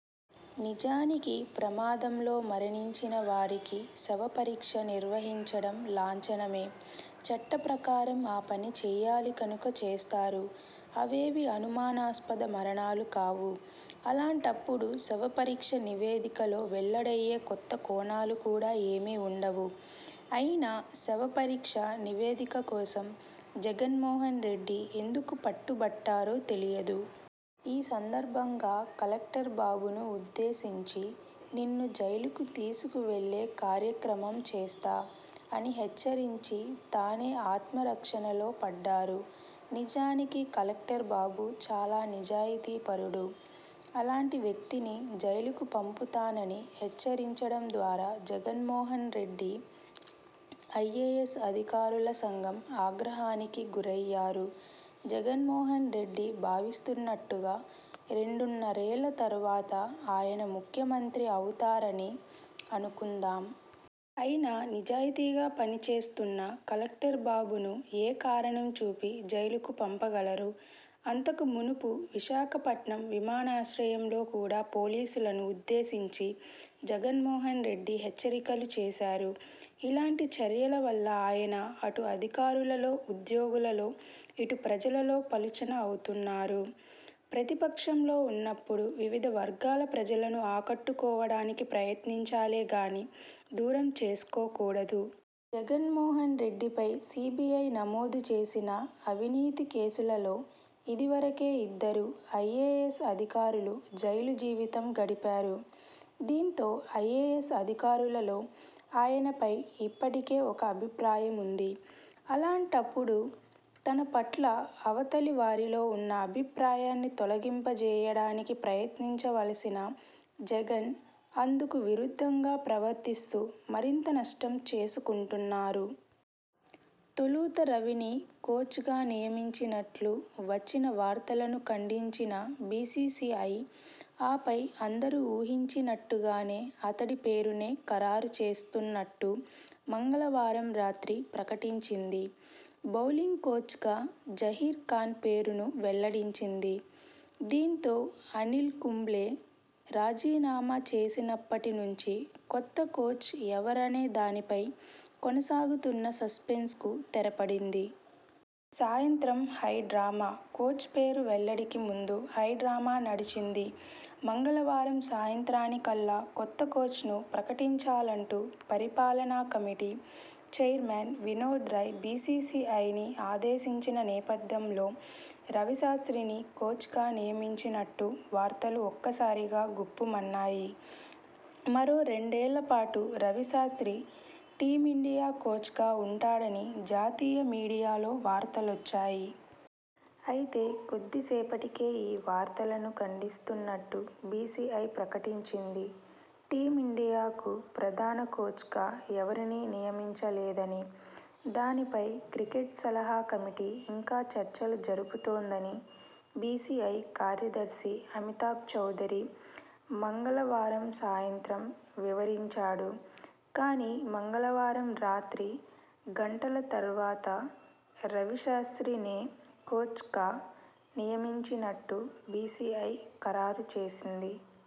నిజానికి ప్రమాదంలో మరణించినవారికి శవ పరీక్ష నిర్వహించడం లాంఛనమే! చట్ట ప్రకారం ఆ పని చేయాలి కనుక చేస్తారు. అవేవీ అనుమానాస్పద మరణాలు కావు. అలాంటప్పుడు శవ పరీక్ష నివేదికలో వెల్లడయ్యే కొత్త కోణాలు కూడా ఏమీ ఉండవు. అయినా శవ పరీక్ష నివేదిక కోసం జగన్మోహన్రెడ్డి ఎందుకు పట్టుబట్టారో తెలియదు. ఈ సందర్భంగా కలెక్టర్ బాబును ఉద్దేశించి 'నిన్ను జైలుకు తీసుకువెళ్లే కార్యక్రమం చేస్తా' అని హెచ్చరించి తానే ఆత్మరక్షణలో పడ్డారు. నిజానికి కలెక్టర్ బాబు చాలా నిజాయితీపరుడు. అలాంటి వ్యక్తిని జైలుకు పంపుతానని హెచ్చరించడం ద్వారా జగన్మోహన్రెడ్డి ఐఏఎస్ అధికారుల సంఘం ఆగ్రహానికి గురయ్యారు. జగన్మోహన్రెడ్డి భావిస్తున్నట్టుగా రెండున్నరేళ్ల తర్వాత ఆయన ముఖ్యమంత్రి అవుతారని అనుకుందాం! అయినా నిజాయితీగా పనిచేస్తున్న కలెక్టర్ బాబును ఏ కారణం చూపి జైలుకు పంపగలరు? అంతకు మునుపు విశాఖపట్టణం విమానాశ్రయంలో కూడా పోలీసులను ఉద్దేశించి జగన్మోహన్రెడ్డి హెచ్చరికలు చేశారు. ఇలాంటి చర్యల వల్ల ఆయన అటు అధికారులలో, ఉద్యోగులలో, ఇటు ప్రజలలో పలుచన అవుతున్నారు. ప్రతిపక్షంలో ఉన్నప్పుడు వివిధ వర్గాల ప్రజలను ఆకట్టుకోవడానికి ప్రయత్నించాలే గానీ దూరం చేసుకోకూడదు. జగన్మోహన్రెడ్డిపై సీబీఐ నమోదుచేసిన అవినీతి కేసులలో ఇదివరకే ఇద్దరు ఐఏఎస్ అధికారులు జైలు జీవితం గడిపారు. దీంతో ఐఏఎస్ అధికారులలో ఆయనపై ఇప్పటికే ఒక అభిప్రాయం ఉంది. అలాంటప్పుడు తనపట్ల అవతలి వారిలో ఉన్న అభిప్రాయాన్ని తొలగింపజేయడానికి ప్రయత్నించవలసిన జగన్ అందుకు విరుద్ధంగా ప్రవర్తిస్తూ మరింత నష్టం చేసుకుంటున్నారు. తొలుత రవిని కోచ్గా నియమించినట్లు వచ్చిన వార్తలను ఖండించిన బీసీసీఐ ఆపై అందరూ ఊహించినట్టుగానే అతడి పేరునే ఖరారు చేస్తున్నట్టు మంగళవారం రాత్రి ప్రకటించింది. బౌలింగ్ కోచ్గా జహీర్ ఖాన్ పేరును వెల్లడించింది. దీంతో అనిల్ కుంబ్లే రాజీనామా చేసినప్పటి నుంచి కొత్త కోచ్ ఎవరనే దానిపై కొనసాగుతున్న సస్పెన్స్కు తెరపడింది. సాయంత్రం హై డ్రామా కోచ్ పేరు వెల్లడికి ముందు హైడ్రామా నడిచింది. మంగళ వారం సాయంత్రానికల్లా కొత్త కోచ్ను ప్రకటించాలంటూ పరిపాలనా కమిటీ చైర్మన్ వినోద్ రాయ్ బీసీసీఐని ఆదేశించిన నేపథ్యంలో రవిశాస్ర్తిని కోచ్గా నియమించినట్టు వార్తలు ఒక్క సారిగా గుప్పుమన్నాయి. మరో రెండేళ్లపాటు రవిశాస్ర్తి టీమిం డియా కోచ్గా ఉంటాడని జాతీయ మీడియాలో వార్తలొచ్చాయి. అయితే కొద్దిసేపటికే ఈ వార్తలను ఖండిస్తున్నట్టు బీసీసీఐ ప్రకటించింది. టీమిండియాకు ప్రధాన కోచ్గా ఎవరినీ నియమిం చలేదని, దానిపై క్రికెట్ సలహా కమిటీ ఇంకా చర్చలు జరుపుతోందని బీసీసీఐ కార్యదర్శి అమితాబ్ చౌదరి మంగళ వారం సాయంత్రం వివరించాడు. కానీ మంగళవారం రాత్రి గంటల తర్వాత రవిశాస్ర్తినే కోచ్గా నియమించినట్టు బీసీఐ ఖరారు చేసింది.